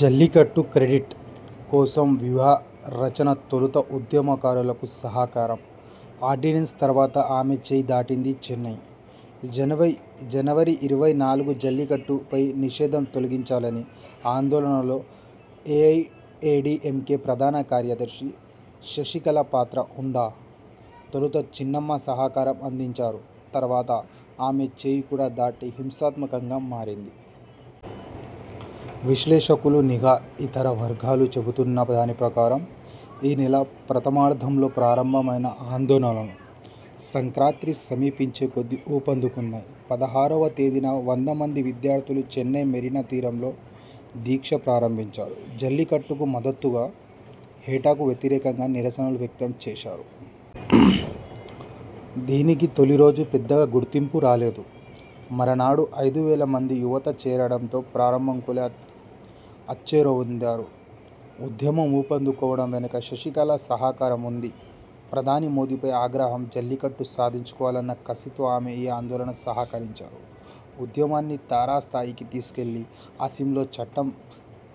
Jallikattu 'credit' కోసం వ్యూవ రచన తొలుత ఉద్యమకారులకు సహకారం ఆర్డినెన్స్ తర్వాత ఆమె చేయి దాటింది చెన్నై, జనవరి ఇరవై నాలుగు జల్లికట్టుపై నిషేధం తొలగించాలన్న ఆందోళనలో ఏఐఏడీఎంకే ప్రధాన కార్యద ర్శి శశికళ పాత్ర ఉందా? తొలుత చిన్నమ్మ సహకారం అం దించారు. తర్వాత ఆమె చేయి కూడా దాటి హింసాత్మ కంగా మారింది. విశ్లేషకులు, నిఘా, ఇతర వర్గాలు చెబుతున్న దాని ప్రకారం.. ఈ నెల ప్రథమార్థంలో ప్రారంభ మైన ఆందోళనలు సంక్రాంతి సమీపించే కొద్దీ ఊపందుకు న్నాయి. పదహారువ తేదీన వందమంది విద్యార్థులు చెన్నై మెరీనా తీరంలో దీక్ష ప్రారంభించారు. జల్లికట్టుకు మద్దతుగా, పెటాకు వ్యతిరేకంగా నిరసన వ్యక్తం చేశారు. దీనికి తొలిరోజు పెద్దగా గుర్తింపు రాలేదు. మరునాడు ఐదు వేల మంది యువత చేరడం తో ప్రారంభకులే అచ్చెరువొందారు. ఉద్యమం ఊపందుకోవడం వెనుక శశికళ సహకారం ఉంది. ప్రధాని మోదీపై ఆగ్రహం, జల్లికట్టు సాధించుకోవాలన్న కసితో ఆమె ఈ ఆందోళనకు సహకరించారు. ఉద్యమాన్ని తారస్థాయికి తీసుకెళ్లి, అసెంబ్లీలో చట్టం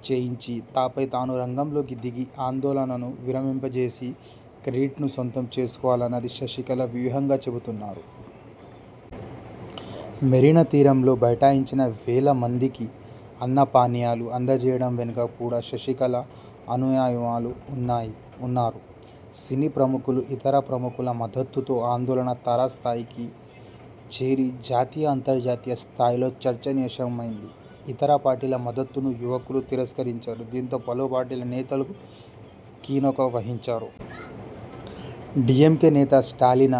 చేయించి, ఆపై తాను రంగంలోకి దిగి, ఆందోళనను విరమింపజేసి, క్రెడిట్ను సొంతం చేసుకోవాలన్నది శశికళ వ్యూహంగా చెబుతున్నారు. మెరీనా తీరంలో బైఠాయించిన వేల మందికి అన్నపానీయాలు అందజేయడం వెనుక కూడా శశికళ అనుయాయులు ఉన్నారు. సినీ ప్రముఖులు, ఇతర ప్రముఖుల మద్దతుతో ఆందోళన తారస్థాయికి చేరి జాతీయ, అంతర్జాతీయ స్థాయిలో చర్చనీయాంశమైంది. ఇతర పార్టీల మద్దతును యువకులు తిరస్కరించారు. దీంతో పలు పార్టీల నేతలు కినుక వహించారు. డీఎంకే నేత స్టాలిన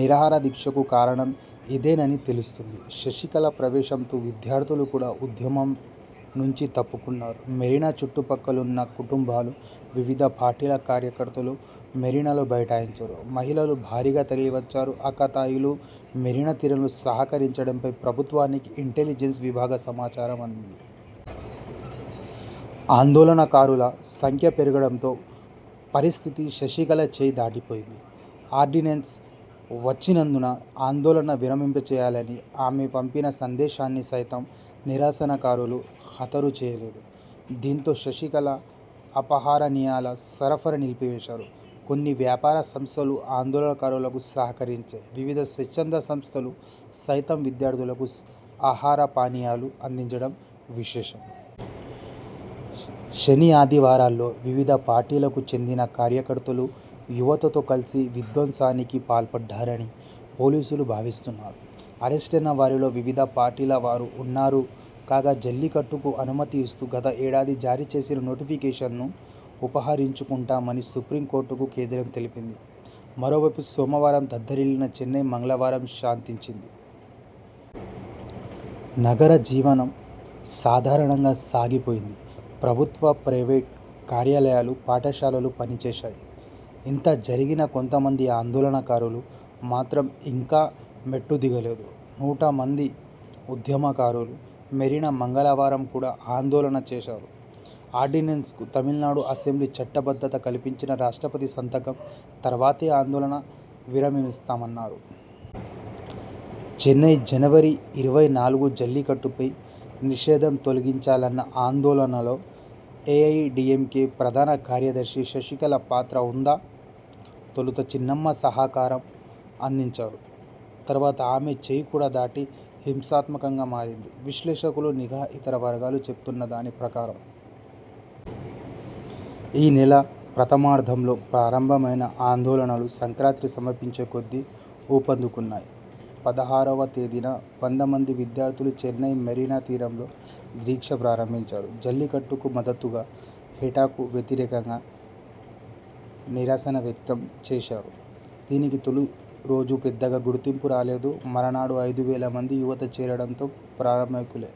నిరాహారదీక్షకు కారణం ఇదేనని తెలుస్తోంది. శశికళ ప్రవేశంతో విద్యార్థులు కూడా ఉద్య మం నుంచి తప్పుకొన్నారు. మెరీనా చుట్టుపక్కలున్న కుటుంబాలు, వివిధ పార్టీల కార్యకర్తలు మెరీనాలో బైఠాయించారు. మహిళలూ భారీగా తరలివచ్చారు. ఆకతాయిలు మెరీనా తీరంలో సంచరించడంపై ప్రభుత్వానికి ఇంటెలిజెన్స విభాగం సమాచారం అందించింది. ఆందోళనకారుల సం ఖ్య పెరగడంతో పరిస్థితి శశికళ చేయి దాటిపోయింది. ఆర్డినెన్స వచ్చినందున ఆందోళన విరమించాలని ఆమె పంపిన సందేశా న్ని సైతం నిరసనకారులు ఖాతరు చేయలేదు. దీంతో శశికళ ఆహారపానీయాల సరఫరా నిలిపేశారు. కొన్ని వ్యాపార సంస్థలూ ఆందోళనకారులకు సహకరించాయి. వివిధ స్వచ్ఛంద సంస్థలు సైతం విద్యార్థులకు ఆహారపానీయాలు అందించడం విశేషం. శని, ఆదివారాల్లో వివిధ పార్టీలకు చెందిన కార్యకర్తలు యువతతో కలిసి విధ్వంసానికి పాల్పడ్డారని పోలీసులు భావిస్తున్నారు. అరెస్టయిన వారిలో వివిధ పార్టీల వారు ఉన్నారు. కాగా, జల్లికట్టుకు అనుమతి ఇస్తూ గత ఏడాది జారీ చేసిన నోటిఫికేషన్ను ఉపసంహరించుకుంటామని సుప్రీంకోర్టుకు కేంద్రం తెలిపింది. మరోవైపు సోమవారం దద్దరిల్లిన చెన్నై మంగళవారం శాంతించింది. నగర జీవనం సాధారణంగా సాగిపోయింది. ప్రభు త్వ, ప్రైవేటు కార్యాలయాలు, పాఠశాలలు పనిచేశాయి. ఇంతజరిగినా కొంతమంది ఆందోళనకారులు మాత్రం ఇంకా మెట్టు దిగలేదు. నూట మంది ఉద్యమకారులు మెరీనాలో మంగళవారం కూడా ఆందోళన చేశారు. ఆర్డినెన్స్కు తమిళనాడు అసెంబ్లీ చట్టబద్ధత కల్పించినా రాష్ట్రపతి సంతకం తరువాతే ఆందోళన విరమిస్తామన్నారు. చెన్నై, జనవరి ఇరవై నాలుగు జల్లికట్టుపై నిషేధం తొలగించాలన్న ఆందోళనలో ఏఐఏడీఎంకే ప్రధాన కార్యద ర్శి శశికళ పాత్ర ఉందా? తొలుత చిన్నమ్మ సహకారం అం దించారు. తర్వాత ఆమె చేయి కూడా దాటి హింసాత్మ కంగా మారింది. విశ్లేషకులు, నిఘా, ఇతర వర్గాలు చెబుతున్న దాని ప్రకారం.. ఈ నెల ప్రథమార్థంలో ప్రారంభ మైన ఆందోళనలు సంక్రాంతి సమీపించే కొద్దీ ఊపందుకు న్నాయి. పదహారువ తేదీన వందమంది విద్యార్థులు చెన్నై మెరీనా తీరంలో దీక్ష ప్రారంభించారు. జల్లికట్టుకు మద్దతుగా, పెటాకు వ్యతిరేకంగా నిరసన వ్యక్తం చేశారు. దీనికి తొలిరోజు పెద్దగా గుర్తింపు రాలేదు. మరునాడు ఐదు వేల మంది యువత చేరడం తో ప్రారంభకులే